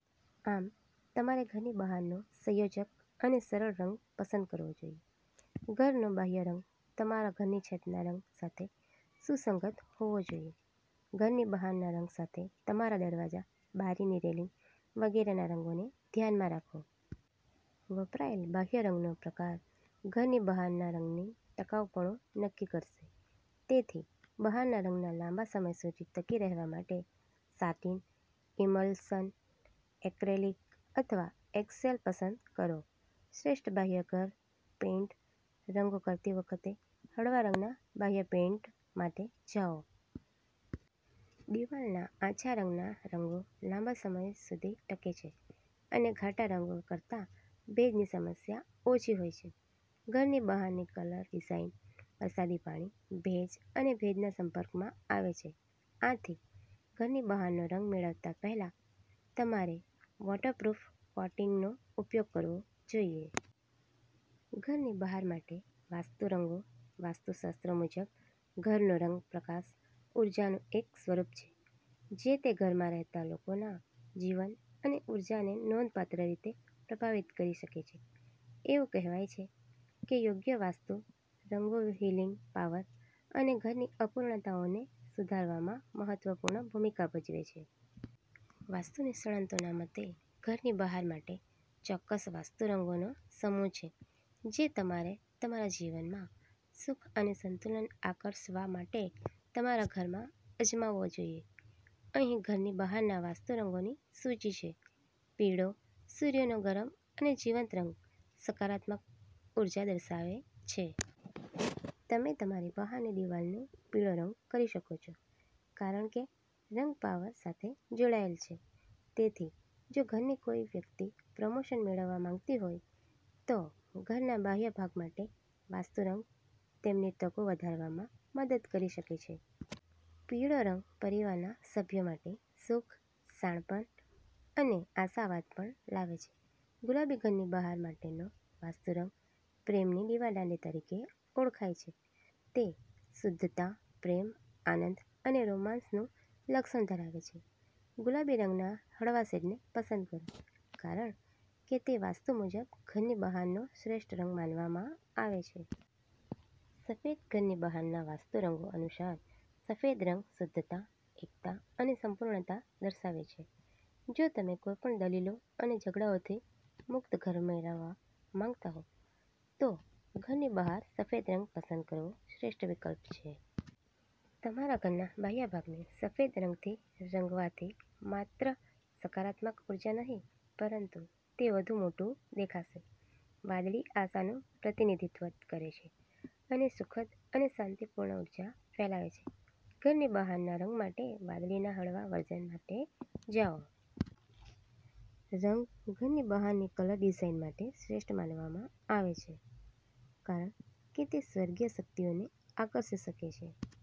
આમ, તમારે ઘરની બહારનો સંયોજક અને સરળ રંગ પસંદ કરવો જોઈએ. ઘરનો બાહ્ય રંગ તમારા ઘરની છતના રંગ સાથે સુસંગત હોવો જોઈએ. ઘરની બહારના રંગ સાથે તમારા દરવાજા, બારીની રેલિંગ વગેરેના રંગોને ધ્યાનમાં રાખો. વપરાયેલ બાહ્ય રંગનો પ્રકાર ઘરની બહારના રંગની ટકાઉપણું નક્કી કરશે. તેથી, બહારના રંગના લાંબા સમય સુધી ટકી રહેવા માટે સાટિન, ઇમલ્સન, એક્રેલિક અથવા એગશેલ પસંદ કરો. શ્રેષ્ઠ બાહ્ય ઘર પેઇન્ટ રંગો પસંદ કરતી વખતે હળવા રંગના બાહ્ય પેઇન્ટ માટે જાઓ. દીવાલના આછા રંગના રંગો લાંબા સમય સુધી ટકે છે અને ઘાટા રંગો કરતાં ભેજની સમસ્યા ઓછી હોય છે. ઘરની બહારની કલર ડિઝાઈન વરસાદી પાણી, ભેજ અને ભેજના સંપર્કમાં આવે છે. આથી, ઘરની બહારનો રંગ મેળવતા પહેલા તમારે વોટરપ્રૂફ કોટિંગનો ઉપયોગ કરવો જોઈએ. ઘરની બહાર માટે વાસ્તુ રંગો વાસ્તુશાસ્ત્ર મુજબ, ઘરનો રંગપ્રકાશ ઊર્જાનું એક સ્વરૂપ છે જે તે ઘરમાં રહેતા લોકોના જીવન અને ઊર્જાને નોંધપાત્ર રીતે પ્રભાવિત કરી શકે છે. એવું કહેવાય છે કે યોગ્ય વાસ્તુ રંગો હીલિંગ પાવર અને ઘરની અપૂર્ણતાઓને સુધારવામાં મહત્વપૂર્ણ ભૂમિકા ભજવે છે. વાસ્તુ નિષ્ણાતોના મતે, ઘરની બહાર માટે ચોક્કસ વાસ્તુ રંગોનો સમૂહ છે જે તમારે તમારા જીવનમાં સુખ અને સંતુલન આકર્ષવા માટે તમારા ઘરમાં અજમાવવો જોઈએ. અહીં ઘરની બહારના વાસ્તુ રંગોની સૂચિ છે. પીળો, સૂર્યનો ગરમ અને જીવંત રંગ, સકારાત્મક ઉર્જા દર્શાવે છે. તમે તમારી બહારની દિવાલને પીળો રંગ કરી શકો છો કારણ કે રંગ પાવર સાથે જોડાયેલ છે. તેથી જો ઘરની કોઈ વ્યક્તિ પ્રમોશન મેળવવા માંગતી હોય, તો ઘરના બાહ્ય ભાગ માટે વાસ્તુ રંગ તેમની તકો વધારવામાં મદદ કરી શકે છે. પીળો રંગ પરિવારના સભ્યો માટે સુખ, શાણપણ અને આશાવાદ પણ લાવે છે. ગુલાબી ઘરની બહાર માટેનો વાસ્તુ રંગ પ્રેમની દીવાદાંડી તરીકે ઓળખાય છે. તે શુદ્ધતા, પ્રેમ, આનંદ અને રોમાંસનું લક્ષણ ધરાવે છે. ગુલાબી રંગના હળવા શેડને પસંદ કરો કારણ કે તે વાસ્તુ મુજબ ઘરની બહારનો શ્રેષ્ઠ રંગ માનવામાં આવે છે. સફેદ ઘરની બહારના વાસ્તુ રંગો અનુસાર, સફેદ રંગ શુદ્ધતા, એકતા અને સંપૂર્ણતા દર્શાવે છે. જો તમે કોઈપણ દલીલો અને ઝઘડાઓથી મુક્ત ઘર મેળવવા માંગતા હો, તો ઘરની બહાર સફેદ રંગ પસંદ કરવો શ્રેષ્ઠ વિકલ્પ છે. તમારા ઘરના બાહ્ય ભાગને સફેદ રંગથી રંગવાથી માત્ર સકારાત્મક ઉર્જા નહીં પરંતુ તે વધુ મોટું દેખાશે. વાદળી આશાનું પ્રતિનિધિત્વ કરે છે અને સુખદ અને શાંતિપૂર્ણ ઊર્જા ફેલાવે છે. ઘરની બહારના રંગ માટે વાદળીના હળવા વર્ઝન માટે જાઓ. રંગ ઘરની બહારની કલર ડિઝાઇન માટે શ્રેષ્ઠ માનવામાં આવે છે કારણ કે તે સ્વર્ગીય શક્તિઓને આકર્ષી શકે છે.